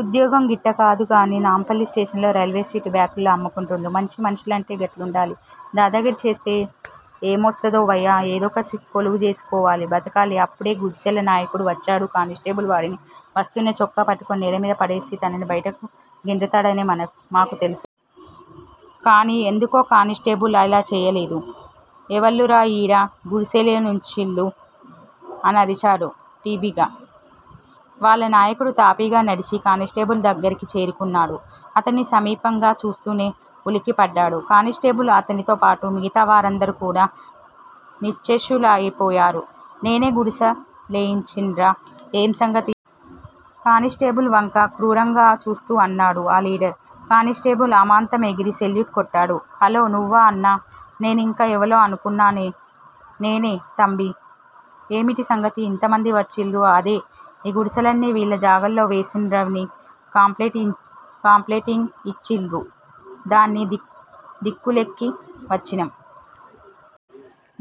ఉద్యోగం గిట్టా కాదు గానీ నాంపల్లి స్టేషన్ లో రైల్వే సీట్లు బ్లాకులో అమ్ముకుంటున్రు! మంచి మనుషులంటే గట్లుండాలి! దాదాగిరి చేస్తే ఏమొస్తది వయా! ఏదొక కొలువు జేసుకోవాలె! బతకాలె! అప్పుడె గుడిసెల నాయకుడు వచ్చాడు. కానిస్టేబుల్ వాడిని వస్తూనే చొక్కా పట్టుకుని నేలమీద పడేసి తనని బయటకు గెంటుతాడని మాకు తెలుసు. కాని ఎందుకో కానిస్టేబుల్ అలా చేయలేదు. ఎవళ్ళురా ఈడ గుడిసెలేయించిన్రు? అనరిచాడు ఠీవిగా. వాళ్ళ నాయకుడు తాపీగా నడిచి కానిస్టేబుల్ దగ్గరకు చేరుకున్నాడు. అతనిని సమీపంగా చూస్తూనే ఉలిక్కిపడ్డాడు కానిస్టేబుల్ అతనితో పాటు మిగతా వారందరూ కూడా నిశ్చేష్టులయిపోయారు. నేనే గుడిసె లేయించాన్రా! ఏమ్ సంగతి? కానిస్టేబుల్ వంక క్రూరంగా చూస్తూ అన్నాడు ఆ లీడర్. కానిస్టేబుల్ అమాంతం ఎగిరి సెల్యూట్ కొట్టాడు. హలో! నువ్వా అన్నా! నేనింకా ఎవళ్ళో అనుకుంటున్నానే! నేనే తంబీ! ఏమిటి సంగతి ఇంతమంది వచ్చిన్రు? అదే! ఈ గుడిసెలన్నీ వీళ్ళ జాగాల్లో వేసిన్రని కంప్లెయింట్ ఇచ్చిన్రు! దాని దిక్కుకెళ్ళి వచ్చినాం!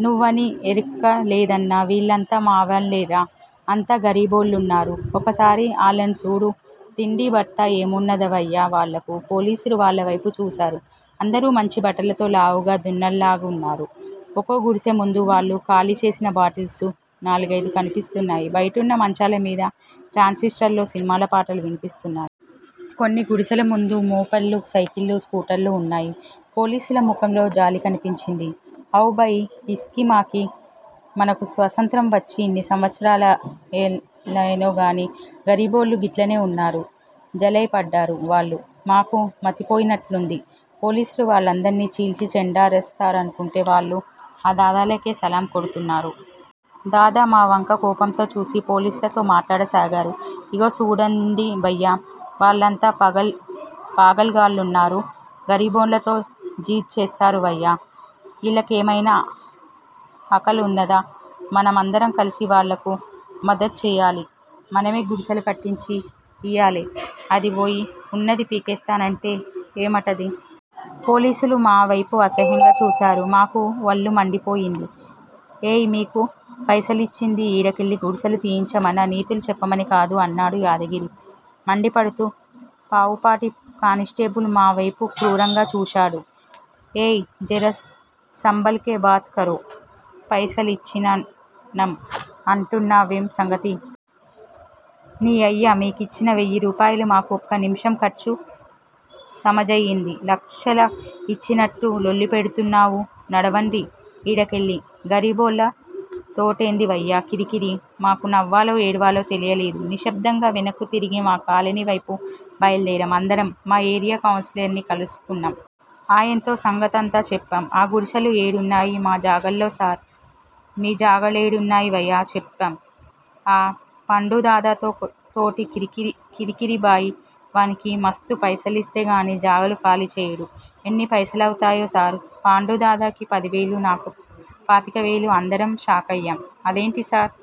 నువ్వని ఎరుకలేదన్నా వీళ్ళంతా మావాండ్లేరా! అంతా గరీబోళ్ళున్నారు. ఒక్కసారి ఆళ్ళను సూడు! తిండీ, బత్తా ఏమున్నదివయ్యా వాండ్లకు? పోలీసులు వాళ్ళవేపు చూశారు. అందరూ మంచి బట్టలతో లావుగా దున్నల్లాగున్నారు. ఒకో గుడిసె ముందూ వాళ్ళు ఖాళీ చేసిన బాటిల్స్ నాలుగయిదు కనిపిస్తున్నాయ్. బయటున్న మంచాల మీద ట్రాన్సిస్టర్లో సినిమా పాటలు వినిపిస్తున్నాయ్. కొన్ని గుడిసెల ముందు మోపెడ్లు, సైకిళ్ళు, స్కూటర్లు ఉన్నాయి. పోలీసు మొఖంలో జాలి కనిపించింది. అవ్ భయ్! ఇస్కీమాకీ- మనకు స్వతంత్రం వచ్చి ఇన్ని సంవత్సరాలాయెగానీ గరిబోండ్లు గిట్లనే ఉన్నారు జలైపడ్డారు వాళ్ళు. మాకు మతిపోయినట్లయింది. పోలీసులు వాళ్ళందర్నీ చీల్చి చెండాడేస్తారనుకుంటే వాళ్ళు ఆ దాదాకే సలాం కొడుతున్నారు. దాదా మా వంక కోపంగా చూసి పోలీసులతో మాట్లాడ సాగాడు. ఇగో సూడండి భయ్యా! వాళ్ళంతా పాగల్ గాళ్ళున్నారు! గరీబోండ్లతో జిద్ చేస్తారు వయ్యా? ఈళ్ళకేమయినా అకల్ ఉన్నదా? మనమందరం కలిసి వాండ్లకు మదద్ చేయాలె! మనమే గుడిసెలు కట్టించి ఇయ్యాలే! అదిపోయి ఉన్నది పీకేస్తానంటే ఏమ్మాటది? పోలీసులు మావేపు అసహ్యంగా చూశారు. మాకు వళ్ళు మండిపోయింది. ఏయ్! మీకు పైసిలిచ్చింది ఈడకెళ్ళి గుడిసెలు తీయించమని నీతులు చెప్పమని కాదు అన్నాడు యాదగిరి మండిపడుతూ. పావుపాటి కానిస్టేబుల్ మావేపు క్రూరంగా చూశాడు. ఏయ్! జర సంబాల్ కే బాత్ కరో! పైసలిచ్చినం అంటున్నావేం సంగతి? నీయవ్వ మీరిచ్చిన వెయ్యిరూపాయలు మాకు ఒక్క నిముషం ఖర్చు! సమజయింది? లక్షల ఇచ్చినట్లు లొల్లి పెడుతున్రు! నడవండ్రి ఈడకెళ్ళి! గరీబోళ్ల తోటేందివయ్యా కిరికిరి! మాకు నవ్వాలో ఏడవాలో తెలీలేదు. నిశ్శబ్దంగా వెనక్కు తిరిగి మా కాలనీ వేపు బయల్దేరాం. అందరం మా ఏరియా కౌన్సిలర్ ని కలుసుకున్నాం. ఆయన్తో సంగతంతా జెప్పాం. ఆ గుడిసెలు ఏడున్నాయ్? మా జగాల్లో సార్? మీ జగాలేడున్నయ్ వయా? చెప్పాం. ఆ పాండూదాదాతోటి కిరికిరి భాయ్. వానికి మస్తు పైసలిస్తేగానీ జగాలు ఖాళీ చేయడు ఎన్ని పైసలవుతయ్ సార్? పాండుదాదాకి పదివేలు! నాకు పాతికవేలు! అందరం షాకయ్యాం. అదేంటి సార్!